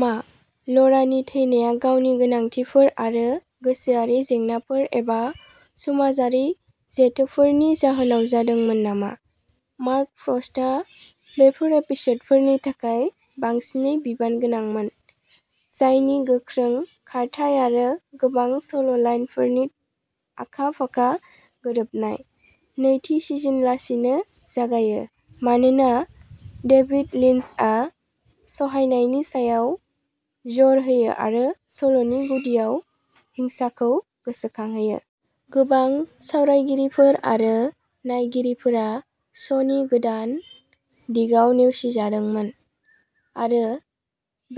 मा ल'रानि थैनाया गावनि गोनांथिफोर आरो गोसोआरि जेंनाफोर एबा समाजारि जेथोफोरनि जाहोनाव जादोंमोन नामा? मार्क फ्रस्टआ बेफोर एपिस'डफोरनि थाखाय बांसिनै बिबानगोनांमोन, जायनि गोख्रों खारथाइ आरो गोबां सल'लाइनफोरनि आखा-फाखा गोरोबनाय। नैथि सिजोनआ लासैनो जागायो, मानोना डेभिड लिन्चआ सहायनायनि सायाव जर होयो आरो सल'नि गुदियाव हिंसाखौ गोसोखांहोयो। गोबां सावरायगिरिफोर आरो नायगिरिफोरा श'नि गोदान दिगाव नेवसिजादोंमोन, आरो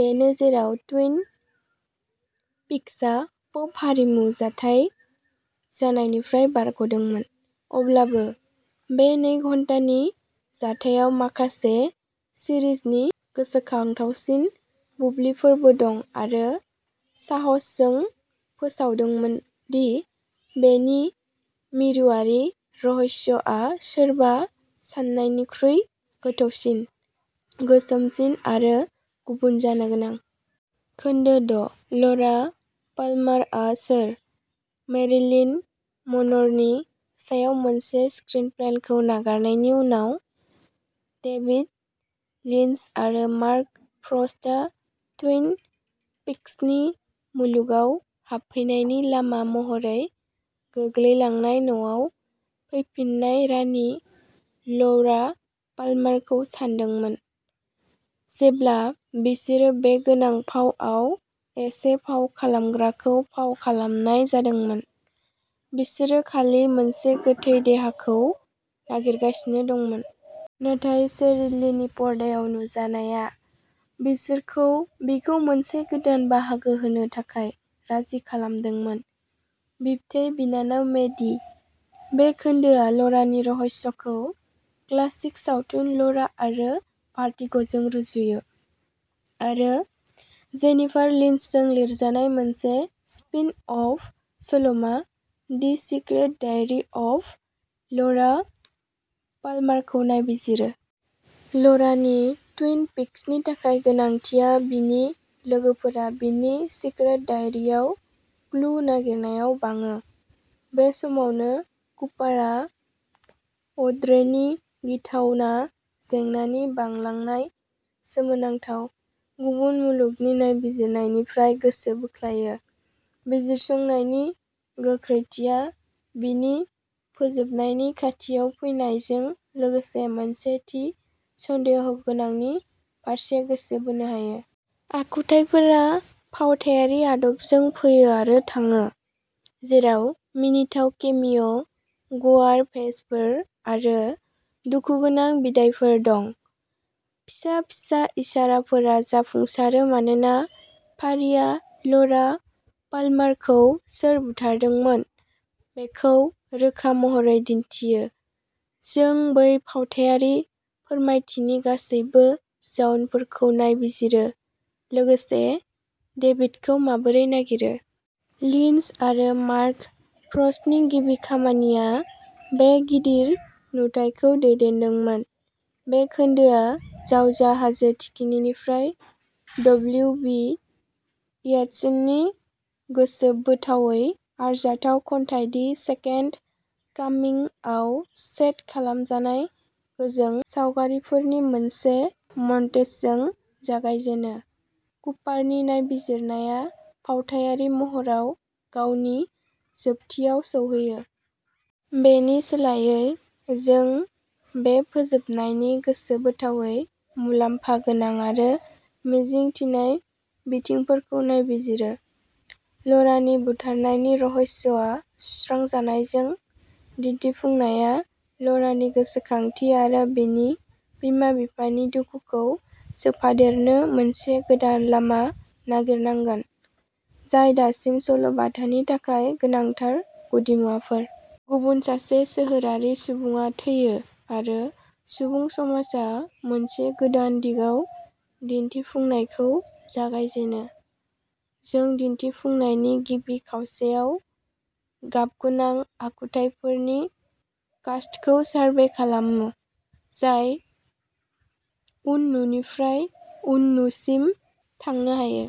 बेनो जेराव टुइन पिक्सआ पप हारिमु जाथाय जानायनिफ्राय बारग'दोंमोन। अब्लाबो बे नै घन्टानि जाथायाव माखासे सिरिजनि गोसोखांथावसिन बुब्लिफोरबो दं आरो साहसजों फोसावदोंमोन दि बेनि मिरुआरि रहस्यआ सोरबा साननायनिख्रुइ गोथौसिन, गोसोमसिन आरो गुबुन जानो गोनां। खोन्दो द’- ल'रा पाल्मारआ सोर? मेरिलिन मन'रनि सायाव मोनसे स्क्रिनपेलखौ नागारनायनि उनाव, डेभिड लिन्च आरो मार्क फ्रस्टआ टुइन पिक्सनि मुलुगाव हाबफैनायनि लामा महरै गोग्लैलांनाय न'आव फैफिननाय रानि ल'रा पाल्मारखौ सानदोंमोन। जेब्ला बिसोरो बे गोनां फावआव एसे फाव खालामग्राखौ फाव खालामनाय जादोंमोन, बिसोरो खालि मोनसे गोथै देहाखौ नागिरगासिनो दंमोन। नाथाय शेरिल लिनि पर्दायाव नुजानाया बिसोरखौ बिखौ मोनसे गोदान बाहागो होनो थाखाय राजि खालामदोंमोन बिबथै बिनानाव मेडी। बे खोन्दोआ ल'रानि रहस्यखौ क्लासिक सावथुन ल'रा आरो भार्टिग'जों रुजुयो, आरो जेनिफार लिन्चजों लिरजानाय मोनसे स्पिन-अफ सल'मा, the secret diary of Laura पाल्मारखौ नायबिजिरो। ल'रानि टुइन पिक्सनि थाखाय गोनांथिआ बिनि लोगोफोरा बिनि सिक्रेट डायरीआव क्लु नागिरनायाव बाङो। बे समावनो कुपारआ अड्रेनि गिथावना जेंनानि बांलांनाय सोमोनांथाव, गुबुन मुलुगनि नायबिजिरनायनिफ्राय गोसो बोख्लायो। बिजिरसंनायनि गोख्रैथिया बिनि फोजोबनायनि खाथियाव फैनायजों लोगोसे मोनसे थि सन्देह'गोनांनि फारसे गोसो बोनो हायो। आखुथाइफोरा फावथायारि आदबजों फैयो आरो थाङो, जेराव मिनिथाव केमिय', गुवार भेसफोर, आरो दुखुगोनां बिदाइफोर दं। फिसा फिसा इसाराफोरा जाफुंसारो मानोना फारिआ ल'रा पाल्मारखौ सोर बुथारदोंमोन बेखौ रोखा महरै दिन्थियो। जों बै फावथायारि फोरमायथिनि गासैबो जाउनफोरखौ नायबिजिरो, लोगोसे डेभिडखौ माबोरै नागिरो। लिन्च आरो मार्क फ्रस्टनि गिबि खामानिया बे गिदिर नुथायखौ दैदेनदोंमोन। बे खोन्दोआ जावजा हाजो थिखिनिनिफ्राय डब्लिउ बि येट्सनि गोसोबोथावै आरजाथाव खन्थाइ दि सेकेन्ड कामिं आव सेट खालामजानाय गोजों सावगारिफोरनि मोनसे मन्टेजजों जागायजेनो। कुपारनि नायबिजिरनाया फावथायारि महराव गावनि जोबथियाव सौहैयो। बेनि सोलायै, जों बे फोजोबनायनि गोसोबोथावै, मुलाम्फा गोनां आरो मिजिं थिनाय बिथिंफोरखौ नायबिजिरो। ल'रानि बुथारनायनि रहस्यआ सुस्रांजानायजों, दिन्थिफुंनाया ल'रानि गोसोखांथि आरो बिनि बिमा-बिफानि दुखुखौ सोफादेरनो मोनसे गोदान लामा नागिरनांगोन, जाय दासिम सल'-बाथानि थाखाय गोनांथार गुदिमुवाफोर। गुबुन सासे सोहोरारि सुबुङा थैयो आरो सुबुं समाजआ मोनसे गोदान दिगाव दिन्थिफुंनायखौ जागायजेनो। जों दिन्थिफुंनायनि गिबि खावसेयाव गाबगोनां आखुथाइफोरनि कास्टखौ सारभे खालामो जाय उननुनिफ्राय उननुसिम थांनो हायो।